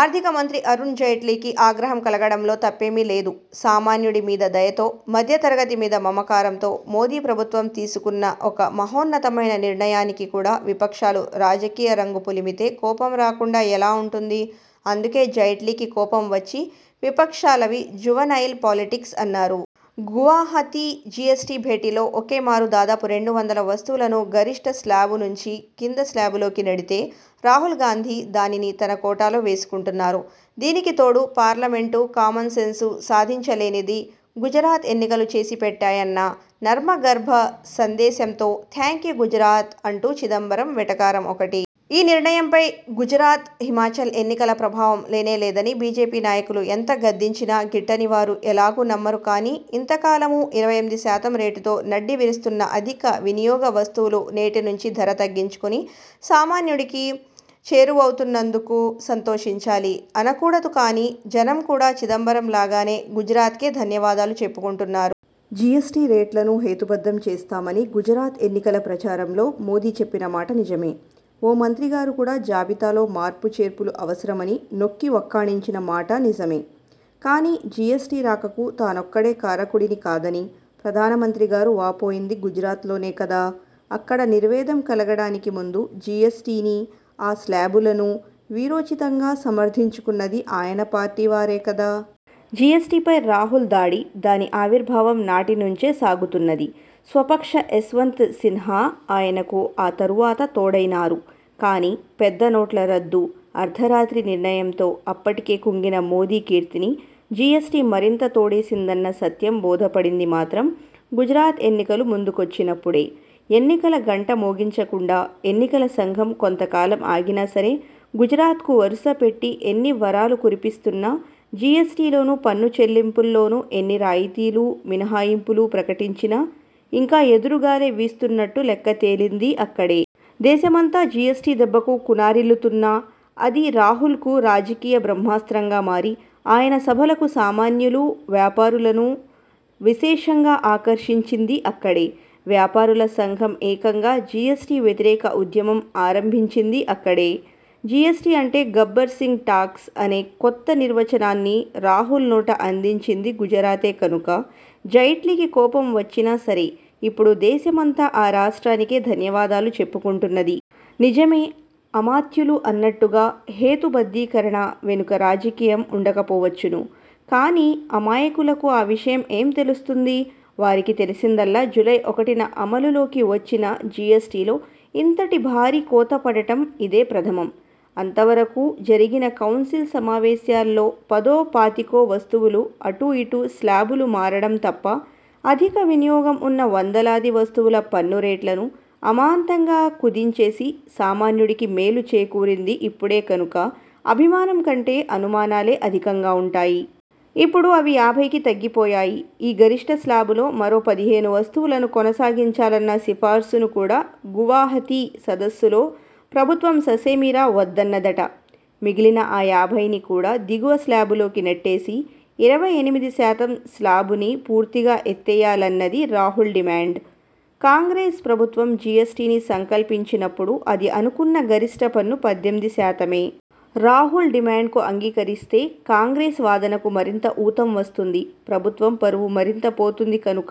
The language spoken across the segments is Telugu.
ఆర్థికమంత్రి అరుణ్జైట్లీకి ఆగ్రహం కలగడంలో తప్పేమీ లేదు. సామాన్యుడి మీద దయతో, మధ్యతరగతి మీద మమకారంతో మోదీ ప్రభుత్వం తీసుకున్న ఒక మహోన్నతమైన నిర్ణయానికి కూడా విపక్షాలు రాజకీయ రంగు పులిమితే కోపం రాకుండా ఎలా ఉంటుంది? అందుకే జైట్లీకి కోపం వచ్చి విపక్షాలవి 'జువనైల్ పాలిటిక్స్' అన్నారు. గువాహతీ జీఎస్టీ భేటీలో ఒకేమారు దాదాపు రెండు వందల వస్తువులను గరిష్ట స్లాబు నుంచి కిందస్లాబులోకి నెడితే, రాహుల్గాంధీ దానిని తన కోటాలో వేసుకుంటున్నారు. దీనికితోడు, పార్లమెంటు, కామన్సెన్సూ సాధించలేనిది గుజరాత్ ఎన్నికలు చేసిపెట్టాయన్న నర్మగర్భ సందేశంతో 'థాంక్యూ గుజరాత్' అంటూ చిదంబరం వెటకారం ఒకటి. ఈ నిర్ణయంపై గుజరాత్, హిమాచల్ ఎన్నికల ప్రభావం లేనేలేదని బీజేపీ నాయకులు ఎంత గద్దించినా గిట్టని వారు ఎలాగూ నమ్మరు కానీ, ఇంతకాలమూ ఇరవై ఎనిమిది శాతం రేటుతో నడ్డివిరుస్తున్న అధిక వినియోగ వస్తువులు నేటినుంచి ధర తగ్గించుకొని సామాన్యుడికి చేరువవుతున్నందుకు సంతోషించాలి. అనకూడదు కానీ, జనం కూడా చిదంబరం లాగానే గుజరాత్కే ధన్యవాదాలు చెప్పుకుంటున్నారు. జీఎస్టీ రేట్లను హేతుబద్ధం చేస్తామని గుజరాత్ ఎన్నికల ప్రచారంలో మోదీ చెప్పినమాట నిజమే. ఓ మంత్రిగారు కూడా జాబితాలో మార్పుచేర్పులు అవసరమని నొక్కివక్కాణించిన మాటా నిజమే. కానీ, జీఎస్టీ రాకకు తానొక్కడే కారకుడిని కాదని ప్రధానమంత్రిగారు వాపోయింది గుజరాత్లోనే కదా! అక్కడ నిర్వేదం కలగడానికి ముందు జీఎస్టీనీ, ఆ శ్లాబులనూ వీరోచితంగా సమర్థించుకున్నది ఆయన పార్టీ వారే కదా! జీఎస్టీపై రాహుల్ దాడి దాని ఆవిర్భావం నాటినుంచే సాగుతున్నది. స్వపక్ష యశ్వంత్ సిన్హా ఆయనకు ఆ తరువాత తోడైనారు. కానీ, పెద్దనోట్ల రద్దు అర్థరాత్రి నిర్ణయంతో అప్పటికే కుంగిన మోదీ కీర్తిని జీఎస్టీ మరింత తోడేసిందన్న సత్యం బోధపడింది మాత్రం గుజరాత్ ఎన్నికలు ముందుకొచ్చినప్పుడే. ఎన్నికల గంట మోగించకుండా ఎన్నికల సంఘం కొంతకాలం ఆగినా సరే, గుజరాత్కు వరుసపెట్టి ఎన్నివరాలు కురిపిస్తున్నా, జీఎస్టీలోనూ, పన్ను చెల్లింపుల్లోనూ ఎన్ని రాయితీలూ మినహాయింపులూ ప్రకటించినా ఇంకా ఎదురుగాలే వీస్తున్నట్టు లెక్క తేలిందీ అక్కడే. దేశమంతా జీఎస్టీ దెబ్బకు కునారిల్లుతున్నా, అది రాహుల్కు రాజకీయ బ్రహ్మాస్త్రంగా మారి, ఆయన సభలకు సామాన్యులూ, వ్యాపారులను విశేషంగా ఆకర్షించిందీ అక్కడే. వ్యాపారుల సంఘం ఏకంగా జీఎస్టీ వ్యతిరేక ఉద్యమం ఆరంభించిందీ అక్కడే. జీఎస్టీ అంటే 'గబ్బర్ సింగ్ టాక్స్' అనే కొత్త నిర్వచనాన్ని రాహుల్నోట అందించింది గుజరాతే కనుక, జైట్లీకి కోపం వచ్చినా సరే, ఇప్పుడు దేశమంతా ఆ రాష్ట్రానికే ధన్యవాదాలు చెప్పుకుంటున్నది. నిజమే, అమాత్యులు అన్నట్టుగా హేతుబద్ధీకరణ వెనుక రాజకీయం ఉండకపోవచ్చును. కానీ, అమాయకులకు ఆ విషయం ఏం తెలుస్తుంది? వారికి తెలిసిందల్లా జూలై ఒకటి న అమలులోకి వచ్చిన జీఎస్టీలో ఇంతటి భారీ కోతపడటం ఇదే ప్రథమం. అంతవరకూ జరిగిన కౌన్సిల్ సమావేశాల్లో పదో పాతికో వస్తువులు అటూ ఇటూ స్లాబులు మారడం తప్ప, అధిక వినియోగం ఉన్న వందలాది వస్తువుల పన్నురేట్లను అమాంతంగా కుదించేసి సామాన్యుడికి మేలు చేకూరింది ఇప్పుడే కనుక, అభిమానం కంటే అనుమానాలే అధికంగా ఉంటాయి. ఇప్పుడు అవి యాభైకి తగ్గిపోయాయి. ఈ గరిష్ట స్లాబులో మరో పదిహేను వస్తువులను కొనసాగించాలన్న సిఫార్సును కూడా గువాహతీ సదస్సులో ప్రభుత్వం ససేమిరా వద్దన్నదట. మిగిలిన ఆ యాభైని కూడా దిగువస్లాబులోకి నెట్టేసి, ఇరవై ఎనిమిది శాతం స్లాబుని పూర్తిగా ఎత్తేయాలన్నది రాహుల్ డిమాండ్. కాంగ్రెస్ ప్రభుత్వం జీఎస్టీని సంకల్పించినప్పుడు అది అనుకున్న గరిష్టపన్ను పడ్డెనిమిది శాతమే. రాహుల్ డిమాండ్కు అంగీకరిస్తే కాంగ్రెస్ వాదనకు మరింత ఊతం వస్తుంది, ప్రభుత్వం పరువు మరింత పోతుంది కనుక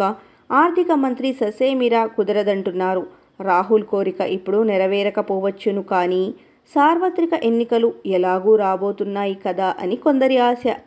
ఆర్థికమంత్రి ససేమిరా కుదరదంటున్నారు. రాహుల్ కోరిక ఇప్పుడు నెరవేరకపోవచ్చును కానీ, సార్వత్రిక ఎన్నికలు ఎలాగూ రాబోతున్నాయి కదా అని కొందరి ఆశ.